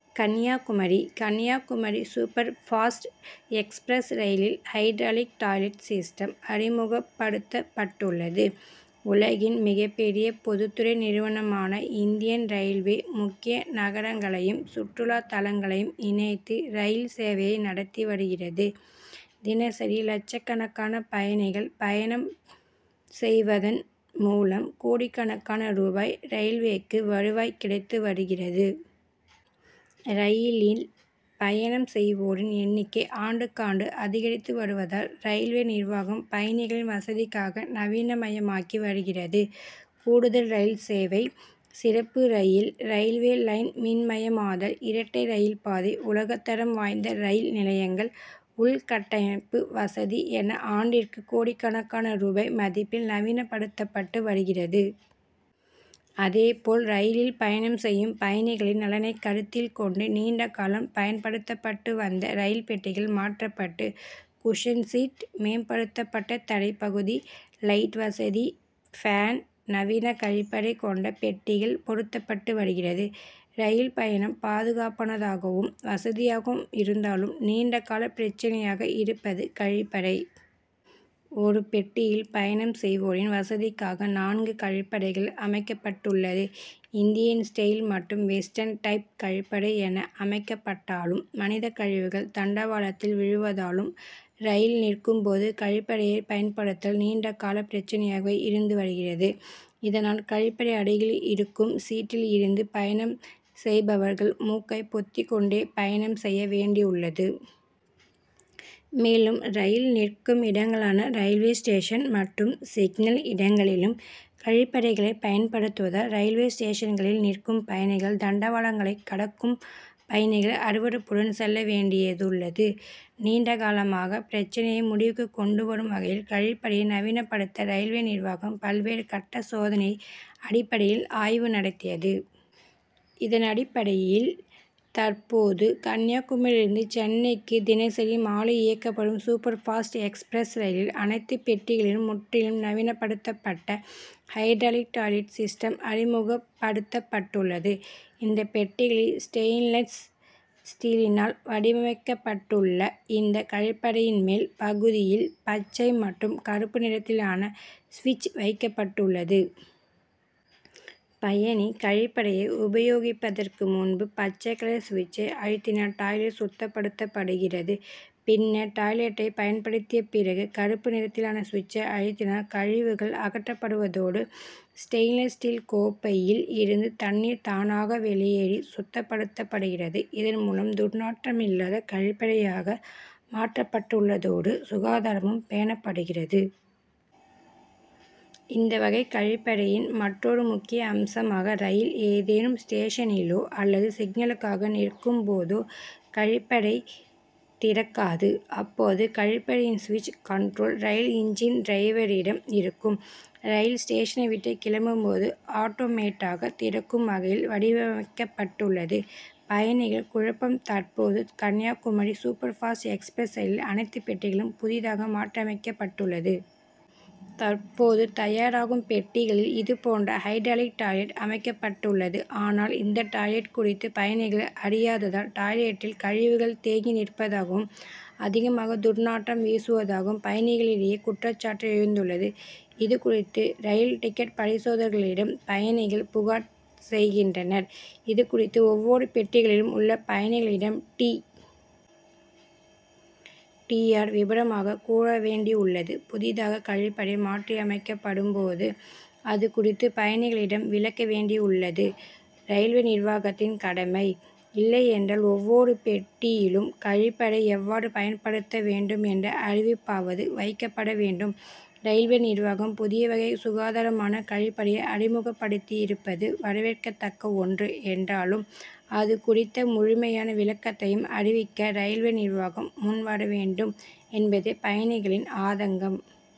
Kanyakumari Kanyakumari super fast express ரயிலில் hydraulic toilet system அறிமுகப்படுத்தப் பட்டுள்ளது. உலகின் மிகப்பெரிய பொதுதுறை நிறுவனமான இந்தியன் ரயில்வே முக்கிய நகரங்களையும் சுற்றுலா தலங்களையும் இணைத்து ரயில் சேவையை நடத்தி வருகிறது. தினசரி லட்சக்கணக்கான பயணிகள் பயணம் செய்வதன் மூலம் கோடிக்கணக்கான ரூபாய் ரயில்வேக்கு வருவாய் கிடைத்து வருகிறது. ரயிலில் பயணம் செய்வோரின் எண்ணிக்கை ஆண்டுக்காண்டு அதிகரித்து வருவதால், ரயில்வே நிர்வாகம் பயணிகளின் வசதிக்காக நவீனமயமாக்கி வருகிறது. கூடுதல் ரயில்சேவை, சிறப்பு ரயில், ரயில்வே லைன் மின்மயமாதல், இரட்டை ரயில்பாதை, உலகதரம் வாய்ந்த ரயில் நிலையங்கள், உள்கட்டமைப்பு வசதி என ஆண்டிற்கு கோடிக்கணக்கான ரூபாய் மதிப்பில் நவீனபடுத்தப்பட்டு வருகிறது. அதேபோல் ரயிலில் பயணம் செய்யும் பயணிகளின் நலனை கருத்தில் கொண்டு நீண்டகாலம் பயன்படுத்தப்பட்டு வந்த ரயில் பெட்டிகள் மாற்றப்பட்டு குஷன் சீட், மேம்படுத்தப்பட்ட தரைபகுதி, லைட் வசதி, பேன், நவீன கழிப்பறை கொண்ட பெட்டிகள் பொருத்தப்பட்டு வருகிறது. ரயில் பயணம் பாதுகாப்பானதாகவும், வசதியாகவும் இருந்தாலும், நீண்டகால பிரச்னையாக இருப்பது கழிப்பறை. ஒரு பெட்டியில் பயணம் செய்வோரின் வசதிக்காக நான்கு கழிப்பறைகள் அமைக்கப்பட்டுள்ளது. இந்தியன் ஸ்டைல் மற்றும் வெஸ்டன் டைப் கழிப்பறை என அமைக்கப்பட்டாலும், மனித கழிவுகள் தண்டவாளத்தில் விழுவதாலும் ரயில் நிற்கும்போது கழிப்பறையை பயன்படுத்தல் நீண்டகால பிரச்னையாகவே இருந்து வருகிறது. இதனால் கழிப்பறை அருகில் இருக்கும் சீட்டில் இருந்து பயணம் செய்பவர்கள் மூக்கை பொத்திக்கொண்டே பயணம் செய்ய வேண்டியுள்ளது. மேலும் ரயில் நிற்கும் இடங்களான ரயில்வே ஸ்டேஷன் மற்றும் சிக்னல் இடங்களிலும் கழிப்பறைகளை பயன்படுத்துவதால், ரயில்வே ஸ்டேஷன்களில் நிற்கும் பயணிகள் தண்டவாளங்களை கடக்கும் பயணிகள் அருவருப்புடன் செல்ல வேண்டியுள்ளது. நீண்டகால பிரச்னையை முடிவுக்கு கொண்டுவரும் வகையில் கழிப்பறையை நவீனபடுத்த ரயில்வே நிர்வாகம் பல்வேறு கட்ட சோதனை அடிப்படையில் ஆய்வு நடத்தியது. இதனடிப்படையில் தற்போது கன்னியாகுமரியிலிருந்து சென்னைக்கு தினசரி மாலை இயக்கப்படும் சூப்பர் பாஸ்ட் எக்ஸ்பிரஸ் ரயிலில் அனைத்து பெட்டிகளிலும் முற்றிலும் நவீனபடுத்தப்பட்ட ஹைட்ராலிக் டாய்லெட் சிஸ்டம் அறிமுகப்படுத்தப் பட்டுள்ளது. இந்த பெட்டிகளில் ஸ்டெயின்லெஸ் ஸ்டீலினால் வடிவமைக்கப்பட்டுள்ள இந்த கழிப்பறையின் மேல் பகுதியில் பச்சை மற்றும் கறுப்பு நிறத்திலான சுவிட்ச் வைக்கப்பட்டுள்ளது. பயணி கழிப்பறையை உபயோகிப்பதற்கு முன்பு பச்சை கலர் சுவிட்சை அமுத்தினால் டாய்லெட் சுத்தப்படுத்தப்படுகிறது. பின்னர் டாய்லெட்டை பயன்படுத்திய பிறகு கறுப்பு நிறத்திலான சுவிட்சை அமுத்தினால் கழிவுகள் அகற்றப்படுவதோடு, ஸ்டெயின்லெஸ் ஸ்டீல் கோப்பையில் இருந்து தண்ணீர் தானாக வெளியேறி சுத்தப்படுத்தப்படுகிறது. இதன்மூலம் துர்நாற்றம் இல்லாத கழிப்பறையாக மாற்றப்பட்டுள்ளதோடு, சுகாதாரமும் பேணப்படுகிறது. இந்த வகை கழிப்பறையின் மற்றுமொரு முக்கிய அம்சமாக ரயில் ஏதேனும் ஸ்டேஷனிலோ அல்லது சிக்னலுக்காக நிற்கும்போதோ, கழிப்பறை திறக்காது. அப்போது கழிப்பறையின் சுவிட்ச் கண்ட்ரோல் ரயில் இன்ஜின் டிரைவரிடம் இருக்கும். ரயில் ஸ்டேஷனைவிட்டு கிளம்பும்போது ஆட்டோமேட்டாக திறக்கும் வகையில் வடிவமைக்கப்பட்டுள்ளது. பயணிகள் குழப்பம் தற்போது கன்னியாகுமரி சூப்பர் பாஸ்ட் எக்ஸ்பிரஸ் ரயிலில் அனைத்து பெட்டிகளும் புதிதாக மாற்றியமைக்கப்பட்டுள்ளது. தற்போது தயாராகும் பெட்டிகளில் இதுபோன்ற ஹைட்ராலிக் டாய்லெட் அமைக்கப்பட்டுள்ளது. ஆனால் இந்த டாய்லெட் குறித்து பயணிகள் அறியாததால் டாய்லெட்டில் கழிவுகள் தேங்கி நிற்பதாகவும், அதிகமாக துர்நாற்றம் வீசுவதாகவும் பயணிகளிடையே குற்றசாட்டு எழுந்துள்ளது. இதுகுறித்து ரயில் டிக்கெட் பரிசோதகர்களிடம் பயணிகள் புகார் செய்கின்றனர். இது குறித்து ஒவ்வொரு பெட்டிகளிலும் உள்ள பயணிகளிடம் டி. டி. ஆர். விபரமாக கூறவேண்டியுள்ளது. புதிதாக கழிப்பறை மாற்றியமைக்கப்படும்போது அது குறித்து பயணிகளிடம் விளக்க வேண்டியுள்ளது ரயில்வே நிர்வாகத்தின் கடமை. இல்லையென்றால் ஒவ்வொரு பெட்டியிலும் கழிப்பறையை எவ்வாறு பயன்படுத்தவேண்டும் என்ற அறிவிப்பாவது வைக்கப்பட வேண்டும். ரயில்வே நிர்வாகம் புதியவகை சுகாதாரமான கழிப்பறையை அறிமுகப்படுத்தியிருப்பது வரவேற்கதக்க ஒன்று என்றாலும் அது குறித்த முழுமையான விளக்கத்தையும் அறிவிக்க ரயில்வே நிர்வாகம் முன்வரவேண்டும் என்பதே பயணிகளின் ஆதங்கம்.